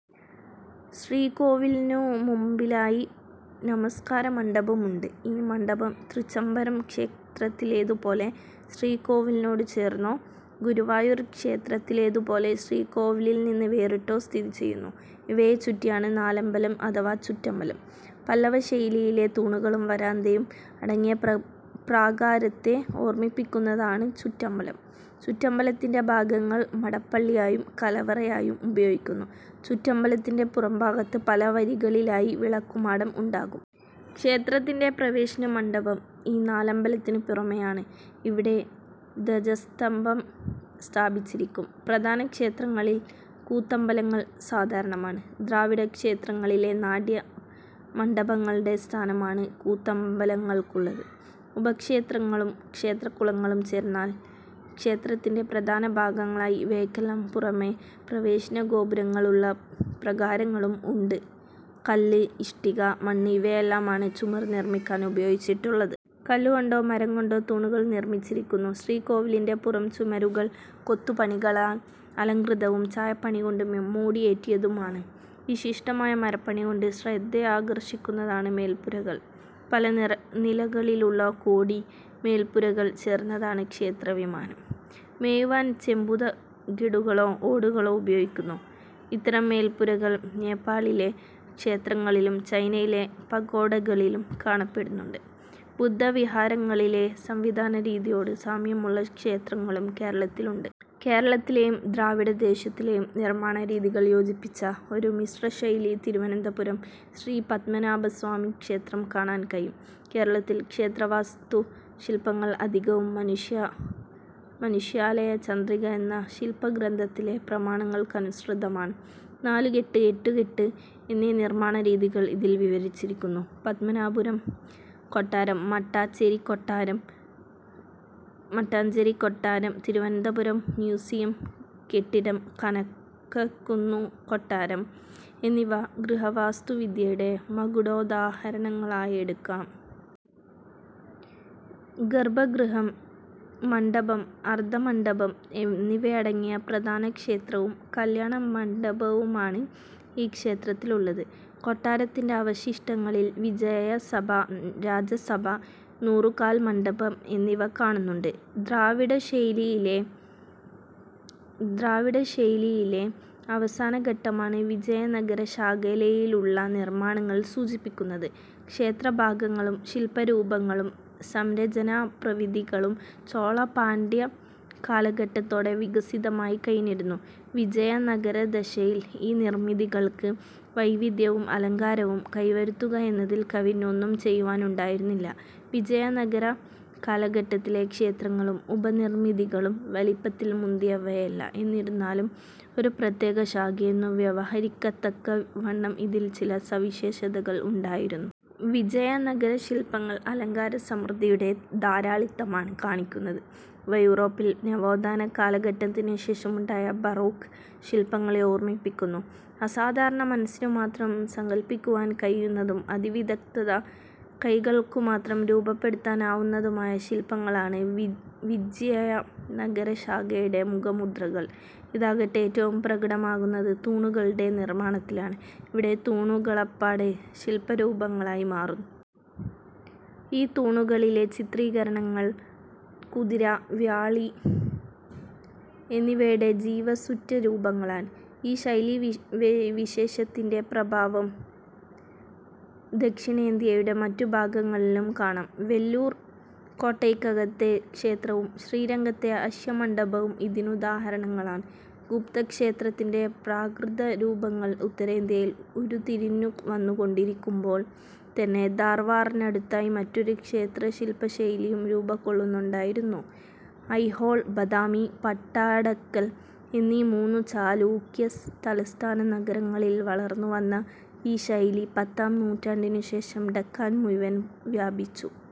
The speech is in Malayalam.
ശ്രീകോവിലിനു മുമ്പിലായി നമസ്കാരമണ്ഡപം ഉണ്ട്. ഈ മണ്ഡപം തൃച്ചംബരം ക്ഷേത്രത്തിലേതുപോലെ ശ്രീകോവിലിനോട്ചേർന്നോ, ഗുരുവായൂർ ക്ഷേത്രത്തിലേതുപോലെ ശ്രീകോവിലിൽനിന്ന് വേറിട്ടോ സ്ഥിതിചെയ്യുന്നു. ഇവയെ ചുറ്റിയാണ് നാലമ്പലം അഥവാ ചുറ്റമ്പലം. പല്ലവ ശൈലിയിലെ തൂണുകളും വരാന്തയും അടങ്ങിയ പ്രാകാരത്തെ ഓർമിപ്പിക്കുന്നതാണ് ചുറ്റമ്പലം. ചുറ്റംബലത്തിന്റെ ഭാഗങ്ങൾ മടപ്പള്ളിയായും കലവറയായും ഉപയോഗിക്കുന്നു ചുറ്റമ്പലത്തിന്റെ പുറംഭാഗത്ത് പലവരികളിലായി വിളക്കുമാടം ഉണ്ടാകും. ക്ഷേത്രത്തിന്റെ പ്രവേശനമണ്ഡപം ഈ നാലമ്പലത്തിനു പുറമേയാണ്. ഇവിടെ ദ്വജസ്തഭം സ്ഥാപിച്ചിരിക്കും. പ്രധാന ക്ഷേത്രങ്ങളിൽ കൂത്തമ്പലങ്ങൾ സാധാരണമാണ്. ദ്രാവിഡക്ഷേത്രങ്ങളിലെ നാട്യ മണ്ഡപങ്ങളുടെ സ്ഥാനമാണ് കൂത്തമ്പലങ്ങൾക്കുള്ളത്. ഉപക്ഷേത്രങ്ങളും ക്ഷേത്രകുളങ്ങളും ചേർന്നാൽ ക്ഷേത്രത്തിന്റെ പ്രധാന ഭാഗങ്ങളായി. ഇവയ്ക്കെല്ലാം പുറമെ പ്രവേശന ഗോപുരങ്ങൾ ഉള്ള പ്രാകാരങ്ങളും ഉണ്ട്. കല്ല്, ഇഷ്ടിക, മണ്ണ് ഇവയെല്ലാമാണ് ചുമർ നിർമ്മിക്കാൻ ഉപയോഗിച്ചിട്ടുള്ളത്. കല്ലുകൊണ്ടോ മരം കൊണ്ടോ തൂണുകൾ നിർമിച്ചിരിക്കുന്നു. ശ്രീകോവിലിന്റെ പുറംചുമരുകൾ കൊത്തുപണികളാൽ അലംകൃതവും ചായപ്പണികൊണ്ടു മോടിയേറ്റിയതുമാണ്. വിശിഷ്ടമായ മരപ്പണികൊണ്ട് ശ്രദ്ധയാകർഷിക്കുന്നതാണ് മേൽപ്പുരകൾ. പലനിലകളിലുള്ള കോടി-മേൽപ്പുരകൾ ചേർന്നതാണ് ക്ഷേത്രവിമാനം. മേയുവാൻ ചെമ്പുതകിടുകളോ ഓടുകളോ ഉപയോഗിക്കുന്നു. ഇത്തരം മേൽപ്പുരകൾ നേപാളിലെ ക്ഷേത്രങ്ങളിലും ചൈനയിലെ പഗോഡകളിലും കാണപ്പെടുന്നുണ്ട്. ബുദ്ധവിഹാരങ്ങളിലെ സംവിധാനരീതിയോട് സാമ്യമുള്ള ക്ഷേത്രങ്ങളും കേരളത്തിലുണ്ട്. കേരളത്തിലേയും ദ്രാവിഡദേശത്തിലെയും നിർമ്മാണരീതികൾ യോജിപ്പിച്ച ഒരു മിശ്രശൈലി തിരുവനന്തപുരം ശ്രീ പത്മനാഭസ്വാമി ക്ഷേത്രം കാണാൻ കഴിയും. കേരളത്തിൽ ക്ഷേത്രവാസ്തുശില്പങ്ങൾ അധികവും മനുഷ്യാലയചന്ദ്രിക എന്ന ശില്പഗ്രന്ഥത്തിലെ പ്രമാണങ്ങൾക്കനുസൃതമാണ്. നാലുകെട്ട്, എട്ടുകെട്ട് എന്നീ നിർമ്മാണരീതികൾ ഇതിൽ വിവരിച്ചിരിക്കുന്നു. പത്മനാഭപുരം കൊട്ടാരം, മട്ടാഞ്ചേരികൊട്ടാരം, തിരുവനന്തപുരം മ്യൂസിയം കെട്ടിടം, കനകക്കുന്നു കൊട്ടാരം എന്നിവ ഗൃഹവാസ്തുവിദ്യയുടെ മകുടോദാഹരണങ്ങളായെടുക്കാം. ഗർഭഗൃഹം, മണ്ഡപം, അർദ്ധമണ്ഡപം എന്നിവയടങ്ങിയ പ്രധാന ക്ഷേത്രവും കല്യാണമണ്ഡപവുമാണ് ഈ ക്ഷേത്രത്തിലുള്ളത്. കൊട്ടരത്തിന്റെ അവശിഷ്ടങ്ങളിൽ വിജയസഭ, രാജസഭ, നൂറുകാൽമണ്ഡപം എന്നിവ കാണുന്നുണ്ട്. ദ്രാവിഡശൈലിയിലെ അവസാനഘട്ടമാണ് വിജയനഗര ശാഖയിലുള്ള നിർമ്മാണങ്ങൾ സൂചിപ്പിക്കുന്നത്. ക്ഷേത്രഭാഗങ്ങളും ശില്പരൂപങ്ങളും സംരചനാപ്രവിധികളും ചോള-പാണ്ഡ്യ കാലഘട്ടത്തോടെ വികസിതമായി കഴിഞ്ഞിരുന്നു. വിജയനഗരദശയിൽ ഈ നിർമിതികൾക്ക് വൈവിധ്യവും അലങ്കാരവും കൈവരുത്തുക എന്നതിൽ കവിഞ്ഞ് ഒന്നും ചെയ്യുവാൻ ഉണ്ടായിരുന്നില്ല വിജയനഗര കാലഘട്ടത്തിലെ ക്ഷേത്രങ്ങളും ഉപനിർമിതികളും വലിപ്പത്തിൽ മുന്തിയവയല്ല; എന്നിരുന്നാലും, ഒരു പ്രത്യേകശാഖയെന്നു വ്യവഹരിക്കത്തക്കവണ്ണം ഇതിൽ ചില സവിശേഷതകൾ ഉണ്ടായിരുന്നു. വിജയനഗരശില്പങ്ങൾ അലങ്കാര സമൃദ്ധിയുടെ ധാരാളിത്തമാണ് കാണിക്കുന്നത്. ഇവ യൂറോപ്പിൽ നവോത്ഥാന കാലഘട്ടത്തിനു ശേഷം ഉണ്ടായ ബറോക്ക് ശില്പങ്ങളെ ഓർമിപ്പിക്കുന്നു. അസാധരണ മനസ്സിനുമാത്രം സങ്കല്പിക്കുവാൻ കഴിയുന്നതും അതിവിദഗ്ദ്ധ കൈകൾക്കുമാത്രം രൂപപ്പെടുത്താൻ ആവുന്നതുമായ ശില്പങ്ങളാണ് വിജ്യയനഗര ശാഖയുടെ മുഖമുദ്രകൾ. ഇതാകട്ടെ ഏറ്റവും പ്രകടമാകുന്നത് തൂണുകളുടെ നിർമ്മാണത്തിലാണ്. ഇവിടെ തൂണുകളപ്പാടെ ശില്പരൂപങ്ങളായി മാറുന്നു. ഈ തൂണുകളിലെ ചിത്രീകരണങ്ങൾ കുതിര, വ്യാളി എന്നിവയുടെ ജീവസ്സുറ്റ രൂപങ്ങളാണ്. ഈ ശൈലീവിശേഷത്തിന്റെ പ്രഭാവം ദക്ഷിണേന്ത്യയുടെ മറ്റുഭാഗങ്ങളിലും കാണാം. വെല്ലൂർ കോട്ടയ്ക്കകത്തെ ക്ഷേത്രവും ശ്രീരംഗത്തെ അശ്വമണ്ഡപവും ഇതിനുദാഹരണങ്ങളാണ്. ഗുപ്തക്ഷേത്രത്തിന്റെ പ്രാകൃതരൂപങ്ങൾ ഉത്തരേന്ത്യയിൽ ഉരുത്തിരിഞ്ഞു വന്നുകൊണ്ടിരിക്കുമ്പോൾ തന്നെ ധാർവാറിനടുത്തായി മറ്റൊരു ക്ഷേത്രശില്പശൈലിയും രൂപംകൊള്ളുന്നുണ്ടായിരുന്നു. അയ്ഹോൾ, ബദാമി, പട്ടാടക്കൽ എന്നീ മൂന്നു ചാലൂക്യ തലസ്ഥാന നഗരങ്ങളിൽ വളർന്നുവന്ന ഈ ശൈലി പത്താം നൂറ്റാണ്ടിനുശേഷം ഡക്കാൻ മുഴുവൻ വ്യാപിച്ചു.